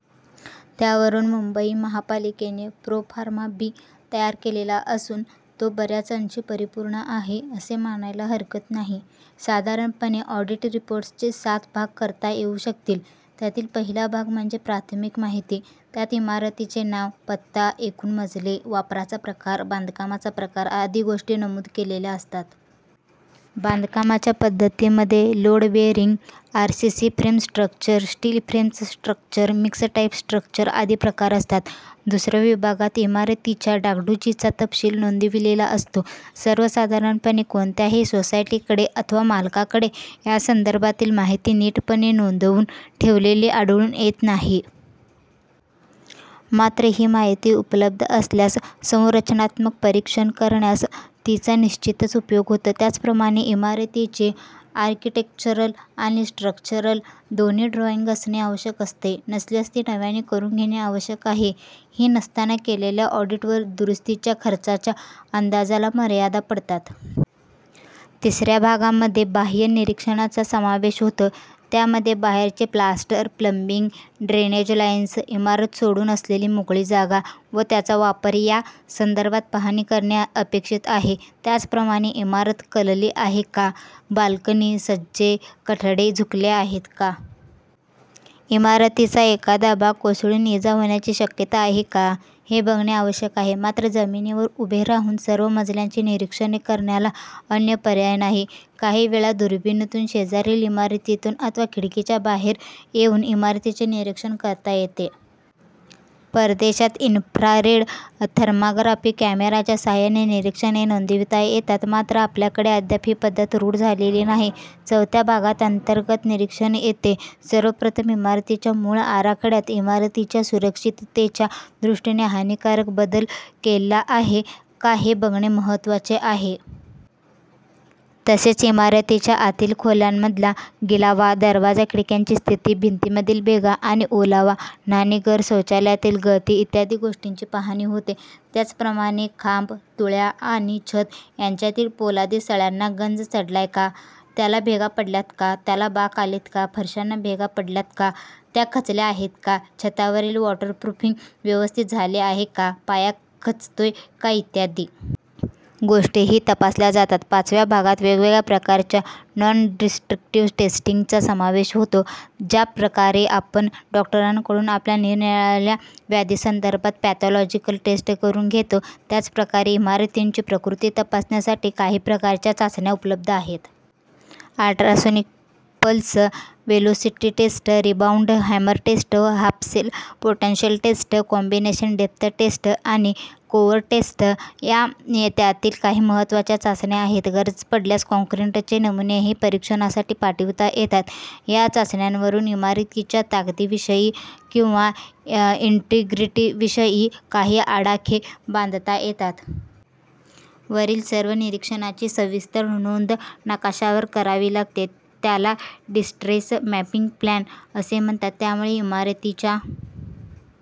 त्यावरून मुंबई महापालिकेने 'proforma B' तयार केला असून तो बऱ्याच अंशी परिपूर्ण आहे, असे मानायला हरकत नाही. साधारणपणे ऑडिट रिपोर्टचे 'सात' भाग करता येऊ शकतील. त्यातील पहिला भाग म्हणजे प्राथमिक माहिती- त्यात इमारतीचे नाव, पत्ता, एकूण मजले, वापराचा प्रकार, बांधकामाचा प्रकार आदी गोष्टी नमूद केलेल्या असतात. बांधकामाच्या पद्धतीमध्ये load bearing, RCC frame structure, steel frames structures, mix type structures आदी प्रकार असतात. दुसऱ्या विभागात इमारतीच्या डागडुजीचा तपशील नोंदविलेला असतो. सर्वसाधारणपणे कोणत्याही सोसायटीकडे अथवा मालकाकडे या संदर्भातील माहिती नीटपणे नोंदवून ठेवलेली आढळून येत नाही. मात्र ही माहिती उपलब्ध असल्यास संरचनात्मक परीक्षण करण्यास तिचा निश्चितच उपयोग होतो. त्याचप्रमाणे इमारतीची आर्किटेक्चरल आणि स्ट्रक्चरल दोन्ही ड्रॉइंग असणे आवश्यक असते. नसल्यास ती नव्याने करून घेणे आवश्यक आहे. ही नसताना केलेल्या ऑडिट व दुरुस्तीच्या खर्चाच्या अंदाजाला मर्यादा पडतात. तिसऱ्या भागामध्ये बाहय़ निरीक्षणाचा समावेश होतो. त्यामध्ये बाहेरचे प्लास्टर, प्लम्बिंग, ड्रेनेज लाइन्स, इमारत सोडून असलेली मोकळी जागा व त्याचा वापर या संदर्भात पाहणी करणे अपेक्षित आहे. त्याचप्रमाणे इमारत कलली आहे का? बाल्कनी, सज्जे, कठडे झुकले आहेत का? इमारतीचा एखादा भाग कोसळून इजा होण्याची शक्यता आहे का? हे बघणे आवश्यक आहे. मात्र जमिनीवर उभे राहून सर्व मजल्यांची निरीक्षणे करण्याला अन्य पर्याय नाही. काही वेळा दुर्बिणीतून, शेजारील इमारतीतून अथवा खिडकीच्या बाहेर येऊन इमारतीचे निरीक्षण करता येते. परदेशात 'इन्फ्रारेड थर्माग्राफी' कॅमेराच्या साहाय्याने निरीक्षणे नोंदविता येतात. मात्र आपल्याकडे अद्याप ही पद्धत रूढ झालेली नाही. चवथ्या भागात अंतर्गत निरीक्षण येते. सर्वप्रथम इमारतीच्या मूळ आराखडय़ात इमारतीच्या सुरक्षिततेच्या दृष्टीने हानीकारक बदल केला आहे. का हे बघणे महत्त्वाचे आहे. तसेच इमारतीच्या आतील खोल्यांमधला गिलावा, दरवाजा-खिडक्यांची स्थिती, भिंतींमधील भेगा आणि ओलावा, न्हाणीघर-शौचालयातील गळती इ. गोष्टींची पाहणी होते. त्याचप्रमाणे खांब, तुळया आणि छत यांच्यातील पोलादी सळ्यांना गंज चढलाय का, त्याला भेगा पडल्यात का, त्याला बाक आलेत का, फरश्यांना भेगा पडल्यात का, त्या खचल्या आहेत का, छतावरील वॉटरप्रूफिंग व्यवस्थित झाले आहे का, पाया खचतोय का इ. गोष्टीही तपासल्या जातात. पाचव्या भागात वेगवेगळ्या प्रकारच्या नॉन-डिस्ट्रक्टिव्ह टेस्टिंग चा समावेश होतो. ज्या प्रकारे आपण डॉक्टरांकडून आपल्या निरनिराळ्या व्याधींसंदर्भात पॅथॉलॉजिकल टेस्ट करून घेतो, त्याच प्रकारे इमारतींची प्रकृती तपासण्यासाठी काही प्रकारच्या चाचण्या उपलब्ध आहेत. Ultrasonic pulse velocity test, rebound hammer test, half cell potential test, combination depth test आणि कोअर टेस्ट या त्यातील काही महत्त्वाच्या चाचण्या आहेत. गरज पडल्यास काँक्रीटचे नमुनेही परीक्षणासाठी पाठविता येतात. या चाचण्यांवरून इमारतीच्या ताकदीविषयी किंवा इन्ट्रीग्रीटीविषयी काही आडाखे बांधताना येतात. वरील सर्व निरीक्षणांची सविस्तर नोंद नकाशावर करावी लागते. त्याला डिस्ट्रेस मॅपिंग प्लॅन असे म्हणतात. त्यामुळे इमारतीच्या--